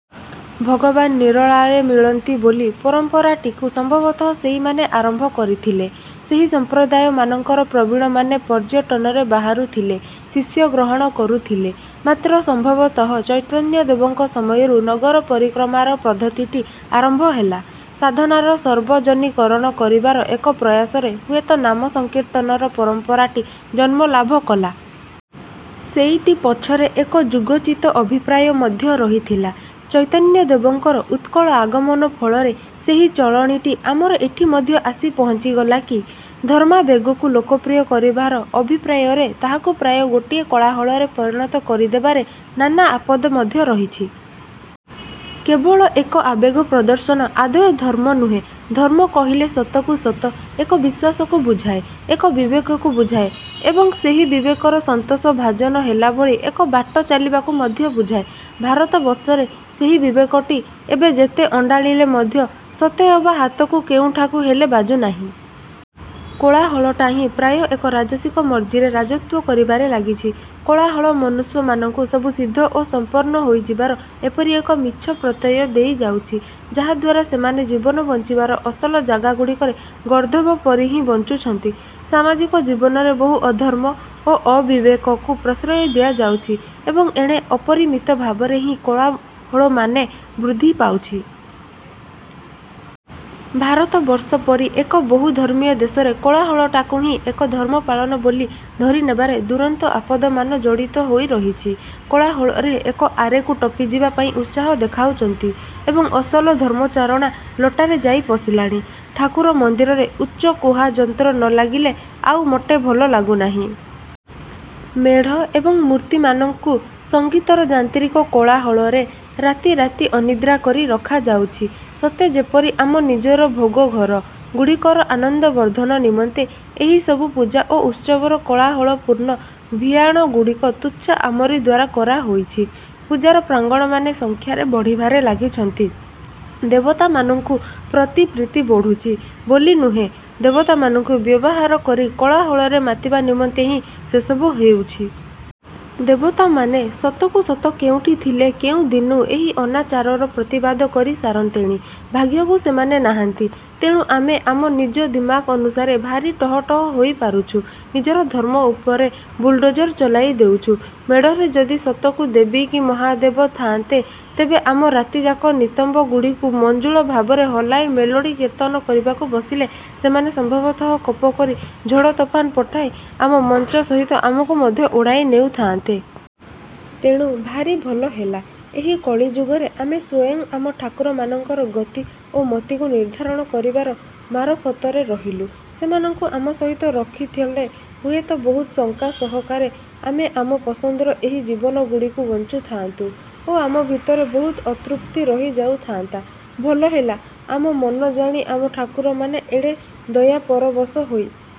ଭଗବାନ ନିରୋଳାରେ ମିଳନ୍ତି ବୋଲି ପରମ୍ପରାଟିକୁ ସମ୍ଭବତଃ ସେଇମାନେ ଆରମ୍ଭ କରିଥିଲେ। ସେହି ସମ୍ପ୍ରଦାୟମାନଙ୍କର ପ୍ରବୀଣମାନେ ପର୍ଯ୍ୟଟନରେ ବାହାରୁଥିଲେ, ଶିଷ୍ୟ ଗ୍ରହଣ କରୁଥିଲେ। ମାତ୍ର ସମ୍ଭବତଃ ଚୈତନ୍ୟଦେବଙ୍କ ସମୟରୁ ନଗର ପରିକ୍ରମାର ପଦ୍ଧତିଟି ଆରମ୍ଭ ହେଲା। ସାଧନାର ସର୍ବଜନୀକରଣ କରିବାର ଏକ ପ୍ରୟାସରେ ହୁଏତ ନାମ ସଂକୀର୍ତ୍ତନର ପରମ୍ପରାଟି ଜନ୍ମଲାଭ କଲା-। ସେଇଟି ପଛରେ ଏକ ଯୁଗୋଚିତ ଅଭିପ୍ରାୟ ମଧ୍ୟ ରହିଥିଲା। ଚୈତନ୍ୟ ଦେବଙ୍କର ଉତ୍କଳ ଆଗମନ ଫଳରେ ସେହି ଚଳଣିଟି ଆମର ଏଠି ମଧ୍ୟ ଆସି ପହଞ୍ଚିଗଲା କି? ଧର୍ମାବେଗକୁ ଲୋକପ୍ରିୟ କରିବାର ଅଭିପ୍ରାୟରେ ତାହାକୁ ପ୍ରାୟ ଗୋଟିଏ କୋଳାହଳରେ ପରିଣତ କରିଦେବାରେ ନାନା ଆପଦ ମଧ୍ୟ ରହିଛି। କେବଳ ଏକ ଆବେଗ ପ୍ରଦର୍ଶନ ଆଦୌ ଧର୍ମ ନୁହେଁ। ଧର୍ମ କହିଲେ ସତକୁ ସତ ଏକ ବିଶ୍ୱାସକୁ ବୁଝାଏ, ଏକ ବିବେକକୁ ବୁଝାଏ ଏବଂ ସେହି ବିବେକର ସନ୍ତୋଷଭାଜନ ହେଲାଭଳି ଏକ ବାଟ ଚାଲିବାକୁ ମଧ୍ୟ ବୁଝାଏ। ଭାରତବର୍ଷରେ ସେହି ବିବେକଟି ଏବେ ଯେତେ ଅଣ୍ଡାଳିଲେ ମଧ୍ୟ ସତେଅବା ହାତକୁ କେଉଁଠାକୁ ହେଲେ ବାଜୁନାହିଁ। କୋଳାହଳଟା ହିଁ ପ୍ରାୟ ଏକ ରାଜସିକ ମର୍ଜିରେ ରାଜତ୍ୱ କରିବାରେ ଲାଗିଛି। କୋଳାହଳ ମନୁଷ୍ୟମାନଙ୍କୁ ସବୁ ସିଦ୍ଧ ଓ ସଂପନ୍ନ ହୋଇଯିବାର ଏପରି ଏକ ମିଛ ପ୍ରତ୍ୟୟ ଦେଇଯାଉଛି, ଯାହାଦ୍ୱାରା ସେମାନେ ଜୀବନ ବଂଚିବାର ଅସଲ ଜାଗାଗୁଡ଼ିକରେ ଗର୍ଦ୍ଦଭ ପରି ହିଁ ବଞ୍ଚୁଛନ୍ତି। ସାମାଜିକ ଜୀବନରେ ବହୁ ଅଧର୍ମ ଓ ଅବିବେକକୁ ପ୍ରଶ୍ରୟ ଦିଆଯାଉଛି ଏବଂ ଏଣେ ଅପରିମିତ ଭାବରେ ହିଁ କୋଳାହଳମାନ ବୃଦ୍ଧି ପାଉଛି। ଭାରତବର୍ଷ ପରି ଏକ ବହୁଧର୍ମୀୟ ଦେଶରେ କୋଳାହଳଟାକୁ ହିଁ ଏକ ଧର୍ମପାଳନ ବୋଲି ଧରିନେବାରେ ଦୁରନ୍ତ ଆପଦମାନ ଜଡ଼ିତ ହୋଇ ରହିଛି। କୋଳାହଳରେ ଏକ ଆରେକୁ ଟପିଯିବା ପାଇଁ ଉତ୍ସାହ ଦେଖାଉଛନ୍ତି ଏବଂ ଅସଲ ଧର୍ମଚାରଣା ଲଟାରେ ଯାଇ ପଶିଲାଣି। ଠାକୁର ମନ୍ଦିରରେ ଉଚ୍ଚକୁହା ଯନ୍ତ୍ର ନଲାଗିଲେ ଆଉ ମୋଟେ ଭଲ ଲାଗୁନାହିଁ। ମେଢ଼ ଏବଂ ମୂର୍ତ୍ତିମାନଙ୍କୁ ସଂଗୀତର ଯାନ୍ତ୍ରିକ କୋଳାହଳରେ ରାତି ରାତି ଅନିଦ୍ରା କରି ରଖାଯାଉଛି। ସତେ ଯେପରି ଆମ ନିଜର ଭୋଗଘର ଗୁଡ଼ିକର ଆନନ୍ଦବର୍ଦ୍ଧନ ନିମନ୍ତେ ଏହିସବୁ ପୂଜା ଓ ଉତ୍ସବର କୋଳାହଳପୂର୍ଣ୍ଣ ଭିଆଣଗୁଡ଼ିକ ତୁଚ୍ଛା ଆମରି ଦ୍ଵାରା କରାହୋଇଛି। ପୂଜାର ପ୍ରାଙ୍ଗଣମାନେ ସଂଖ୍ୟାରେ ବଢ଼ିବାରେ ଲାଗିଛନ୍ତି; ଦେବତାମାନଙ୍କ ପ୍ରତି ପ୍ରୀତି ବଢୁଛି ବୋଲି ନୁହେଁ, ଦେବତାମାନଙ୍କୁ ବ୍ୟବହାର କରି କୋଳାହଳରେ ମାତିବା ନିମନ୍ତେ ହିଁ ସେସବୁ ହେଉଛି। ଦେବତାମାନେ ସତକୁ ସତ କେଉଁଠି ଥିଲେ କେଉଁଦିନୁ ଏହି ଅନାଚାରର ପ୍ରତିବାଦ କରି ସାରନ୍ତେଣି। ଭାଗ୍ୟକୁ ସେମାନେ ନାହାନ୍ତି, ତେଣୁ ଆମେ ଆମ ନିଜ ଦିମାକ ଅନୁସାରେ ଭାରି ଟହଟହ ହୋଇପାରୁଛୁ, ନିଜର ଧର୍ମ ଉପରେ ବୁଲଡୋଜର ଚଲାଇ ଦେଉଛୁ। ମେଢ଼ରେ ଯଦି ସତକୁ ଦେବୀ କି ମହାଦେବ ଥାଆନ୍ତେ, ତେବେ ଆମେ ରାତିଯାକ ନିତମ୍ବଗୁଡ଼ିକୁ ମଞ୍ଜୁଳ ଭାବରେ ହଲାଇ ମେଲୋଡ଼ି କୀର୍ତ୍ତନ କରିବାକୁ ବସିଲେ ସେମାନେ ସମ୍ଭବତଃ କୋପ କରି ଝଡ଼ତୋଫାନ ପଠାଇ ଆମ ମଚଂ ସହିତ ଆମକୁ ମଧ୍ୟ ଉଡ଼ାଇ ନେଉଥାଆନ୍ତେ। ତେଣୁ ଭାରି ଭଲ ହେଲା, ଏହି କଳିଯୁଗରେ ଆମେ ସ୍ୱୟଂ ଆମ ଠାକୁରମାନଙ୍କର ଗତି ଓ ମତିକୁ ନିର୍ଦ୍ଧାରଣ କରିବାର ମାରଫତରେ ରହିଲୁ। ସେମାନଙ୍କୁ ଆମ ସହିତ ରଖିଥଲେ ହୁଏତ ବହୁତ ଶଙ୍କା ସହକାରେ ଆମେ ଆମ ପସନ୍ଦର ଏହି ଜୀବନଗୁଡ଼ିକୁ ବଂଚୁଥାଆନ୍ତୁ ଓ ଆମ ଭିତରେ ବହୁତ ଅତୃପ୍ତି ରହିଯାଉଥାଆନ୍ତା-। ଭଲହେଲା ଆମ ମନ ଜାଣି ଆମ ଠାକୁରମାନେ ଏଡ଼େ ଦୟାପରବଶ ହୋଇ